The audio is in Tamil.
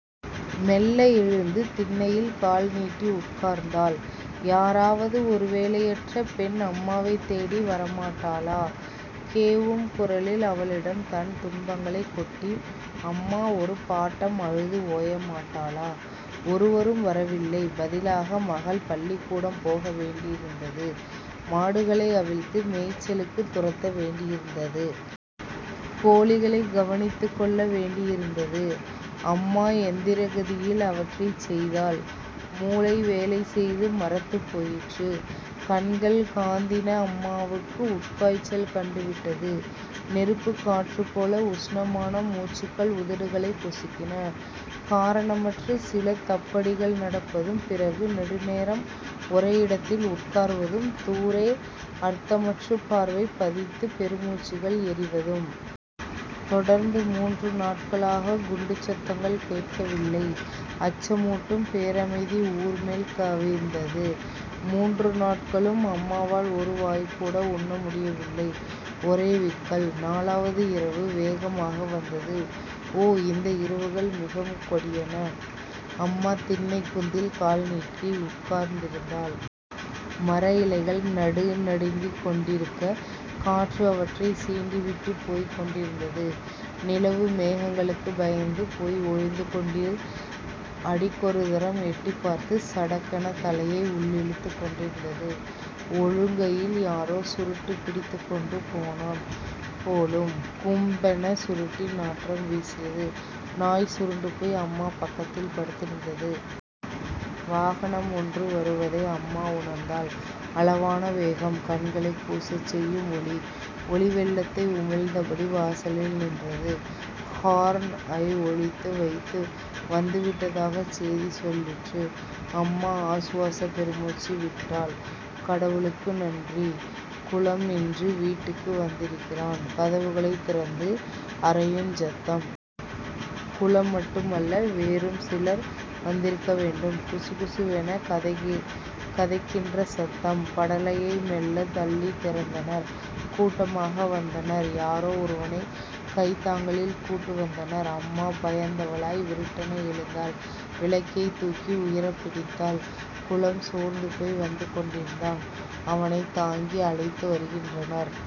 மெல்ல எழுந்து திண்ணையில் கால் நீட்டி உட்கார்ந்தாள். யாராவது ஒரு வேலையற்ற பெண் அம்மாவைத்தேடி வரமாட்டாளா? கேவும் குரலில் அவளிடம் தன் துன்பங்களைக் கொட்டி அம்மா ஒரு பாட்டம் அழுது ஓயமாட்டாளா? ஒருவரும் வரவில்லை. பதிலாக மகள் பள்ளிக்கூடம் போக வேண்டியிருந்தது. மாடுகளை அவிழ்த்து மேய்ச்சலுக்குத் துரத்த வேண்டியிருந்தது. கோழிகளைக் கவனித்துக் கொள்ள வேண்டியிருந்தது. அம்மா யந்திரகதியில், அவற்றைச் செய்தாள். மூளை வேலை செய்து மரத்துப் போயிற்று. கண்கள் காந்தின. அம்மாவுக்கு உட்காய்ச்சல் கண்டுவிட்டது. நெருப்புக் காற்றுப்போல உஷ்ணமான மூச்சுக்கள் உதடுகளைப் பொசுக்கின. காரணமற்று சில தப்படிகள் நடப்பதும்... பிறகு நெடுநேரம் ஒரேயிடத்தில் உட்கார்வதும்... தூரே அர்த்தமற்றுப் பார்வை பதித்து பெருமூச்சுக்கள் எறிவதும்... தொடர்ந்து மூன்று நாட்களாகக் குண்டுச் சத்தங்கள் கேட்கவில்லை அச்சமூட்டும் பேரமைதி ஊர்மேல் கவிந்தது. மூன்று நாட்களும் அம்மாவால் ஒரு வாய்கூட உண்ண முடியவில்லை. ஒரே விக்கல்! நாலாவது இரவு வேகமாக வந்தது. ஓ! இந்த இரவுகள் மிகவும் கொடியன. அம்மா திண்ணைக் குந்தில் கால்நீட்டி உட்கார்ந்திருந்தாள். மரஇலைகள் நடுநடுங்கிக் கொண்டிருக்க, காற்று அவற்றைச் சீண்டிவிட்டுப் போய்க் கொண்டிருந்தது. நிலவு மேகங்களுக்குள் பயந்து போய் ஒளித்துக்கொண்டு அடிக்கொருதரம் எட்டிப்பார்த்து, 'சடக்' எனத் தலையை உள்ளிழுத்துக் கொண்டிருந்தது. ஒழுங்கையில் யாரோ சுருட்டுப் பிடித்துக்கொண்டு போனான் போலும். 'கும்'பென சுருட்டின் நாற்றம் வீசிற்று. நாய் சுருண்டுபோய் அம்மா பக்கத்தில் படுத்திருந்தது. வாகனம் ஒன்று வருவதை அம்மா உணர்ந்தாள். அளவான வேகம். கண்களைக் கூசச் செய்யும் ஒளி வெள்ளத்தை உமிழ்ந்த படி வாசலில் நின்றது. 'ஹோர்ன்' ஐ ஒலித்து, வந்துவிட்டதாகச் சேதி சொல்லிற்று. அம்மா ஆசுவாசப் பெருமூச்சு விட்டாள். கடவுளுக்கு நன்றி! குலம் இன்று வீட்டுக்கு வந்திருக்கிறான்! கதவுகளைத் திறந்து அறையுஞ் சத்தம். குலம் மட்டுமல்ல வேறும் சிலர் வந்திருக்கவேண்டும். குசுகுசுவெனக் கதைக்கின்ற சத்தம். படலையை மெல்லத் தள்ளித் திறந்தனர். கூட்டமாக வந்தனர். யாரோ ஒருவனைக் கைத் தாங்களில் கூட்டிக்கொண்டு வந்தனர். அம்மா பயந்தவளாய் விருட்டென எழுந்தாள். விளக்கை தூக்கி உயரப்பிடித்தாள். குலம் சோர்ந்துபோய் வந்துகொண்டிருந்தான். அவனைத் தாங்கி அழைத்து வருகின்றனர்.